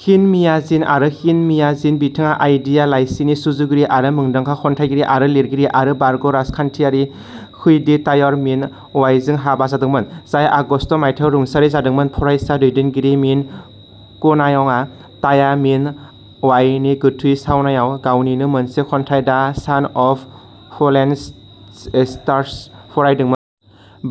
खिन मिया जिन आरो खिन मिया जिन। बिथाङा आइडिया लाइसिनि सुजुगिरि आरो मुंदांखा खन्थाइगिरि आरो लिरगिरि आरो बारग' राजखान्थियारि खैदी तायर मिन अवाइजों हाबा जादोंमोन, जाय आगस्त मायथाइयाव रुंसारि जादोंमोन। फरायसा दैदेनगिरि मिन क'नाइंआ ताया मिन वाइनि गोथै सावनायाव गावनिनो मोनसे खन्थाइ दा सान अफ फलेन स्टार्स फरायदोंमोन।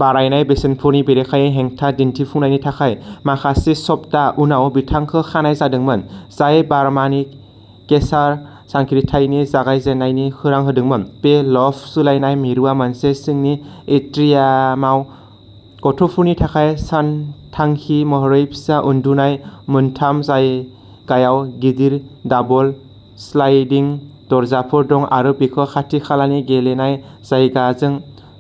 बारायनाय बेसेनफोरनि बेरेखायै हेंथा दिन्थिफुंनायनि थाखाय माखासे सप्ता उनाव बिथांखौ खानाय जादोंमोन, जाय बार्मानि केसर जांख्रिथायनि जागायजेन्नायनि खौरां होदोंमोन। बे लफ्ट सोलायनाय मिरुआ मोनसे सिंनि एट्रियामाव। गथ'फोरनि थाखाय सानथांखि महरै फिसा उन्दुनाय मोनथाम जायगायाव गिदिर दाबल स्लाइडिं दरजाफोर दं आरो बेखौ खाथि-खालानि गेलेनाय जायगाजों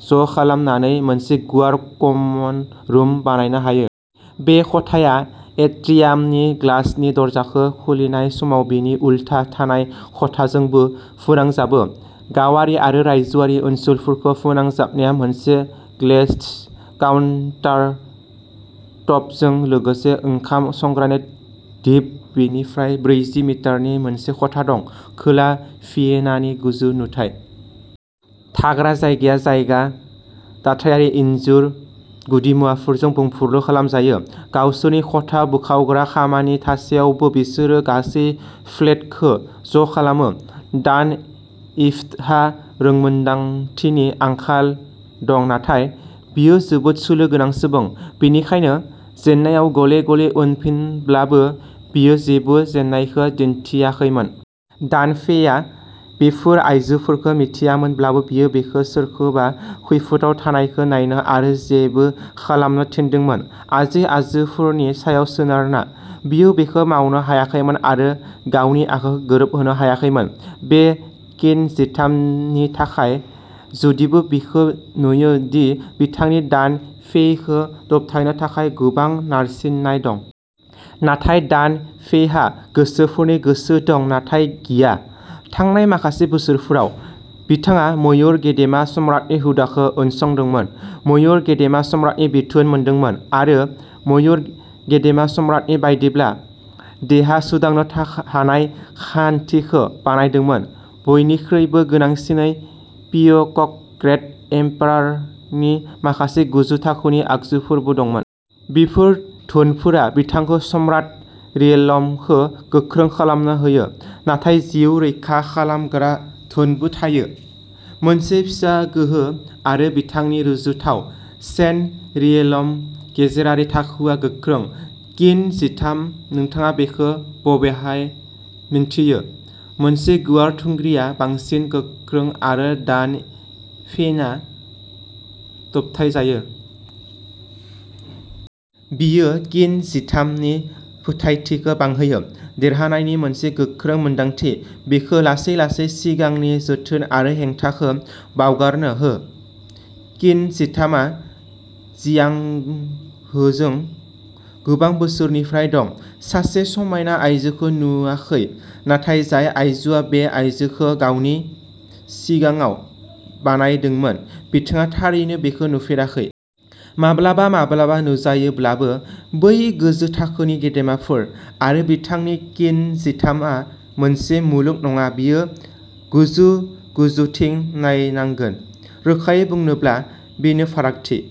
ज'खालामनानै मोनसे गुवार कमन रुम बानायनो हायो। बे खथाया एट्रियामनि ग्लासनि दरजाखौ खुलिनाय समाव बिनि उल्था थानाय खथाजोंबो फोनांजाबो। गावारि आरो रायजोआरि ओनसोलफोरखौ फोनांजाबनाया मोनसे ग्लेज्ड काउन्टारटपजों लोगोसे ओंखाम संग्रानि दिप बेनिफ्राय ब्रैजि मिटारनि मोनसे खथा दं। खोला भियेनानि गोजौ नुथाय। थाग्रा जायगाया जायगा दाथायारि इनजुर गुदिमुवाफोरजों बुंफुरलु खालामजायो। गावसोरनि खथा बोखावग्रा खामानि थासेयावबो बिसोरो गासै फ्लेटखौ ज'खालामो। दान फेइहा रोंमोन्दांथिनि आंखाल दं, नाथाय बियो जोबोद सोलो गोनां सुबुं। बेनिखायनो, जेननायाव गले-गले उनफिनब्लाबो, बेयो जेबो जेननायखौ दिन्थियाखैमोन। दान फेइआ बेफोर आइजोफोरखौ मिथियामोनब्लाबो, बियो बिखौ सोरखौबा खैफोदआव थानायखौ नायनो आरो जेबो खालामनो थिनदोंमोन, आजै-आजौफोरनि सायाव सोनारना, बियो बेखौ मावनो हायाखैमोन आरो गावनि आखुखौ गोरोबहोनो हायाखैमोन। बे किन जिथाम नि थाखाय, जुदिबो बेखौ नुयो दि बिथांनि दान फेइखौ दबथायनो थाखाय गोबां नारसिननाय दं। नाथाय दान फेइहा गोसोफोरनि गोसो दं, नाथाय गिया। थांनाय माखासे बोसोरफोराव, बिथाङा मयुर गेदेमा सम्राटनि हुदाखौ उनसंदोंमोन, मयुर गेदेमा सम्राटनि बिथोन मोनदोंमोन, आरो मयुर गेदेमा सम्राटनि बायदिब्ला देहा सोदांनो हानाय खान्थिखौ बानायदोंमोन। बयनिख्रुइबो गोनांसिनै, पिअक'क ग्रेट एम्पेरारनि माखासे गोजौ थाखोनि आगजुफोरबो दंमोन। बेफोर धोनफोरा, बिथांखौ सम्राट रियेल्मखौ गोख्रों खालामनो होयो, नाथाय जिउ रैखा खालामग्रा धोनबो थायो, मोनसे फिसा गोहो आरो बिथांनि रुजुथाव सेन्ट रियेल्म गेजेरारि थाखोआ गोख्रों। किन जिथाम, नोंथाङा बेखौ बबेहाय मिन्थियो? मोनसे गुवार थुंग्रिआ बांसिन गोख्रों आरो दान फेइआ दबथायजायो। बेयो किन जिथाम नि फोथायथिखौ बांहोयो, देरहानायनि मोनसे गोख्रों मोनदांथि, बिखौ लासै-लासै सिगांनि जोथोन आरो हेंथाखौ बावगारनो हो। किन जिथाम आ जियांग हुजों गोबां बोसोरनिफ्राय दं, सासे समायना आयजोखौ नुवाखै। नाथाय जाय आइजोआ बे आयजोखौ गावनि सिगाङाव बानायदोंमोन, बिथाङा थारैनो बेखौ नुफेराखै। माब्लाबा-माब्लाबा नुजायोब्लाबो, बै गोजौ थाखोनि गेदेमाफोर आरो बिथांनि किन जिथाम आ मोनसे मुलुग नङा बेयो गोजौ, गोजौथिं नायनांगौ। रोखायै बुंनोब्ला, बेनो फारागथि।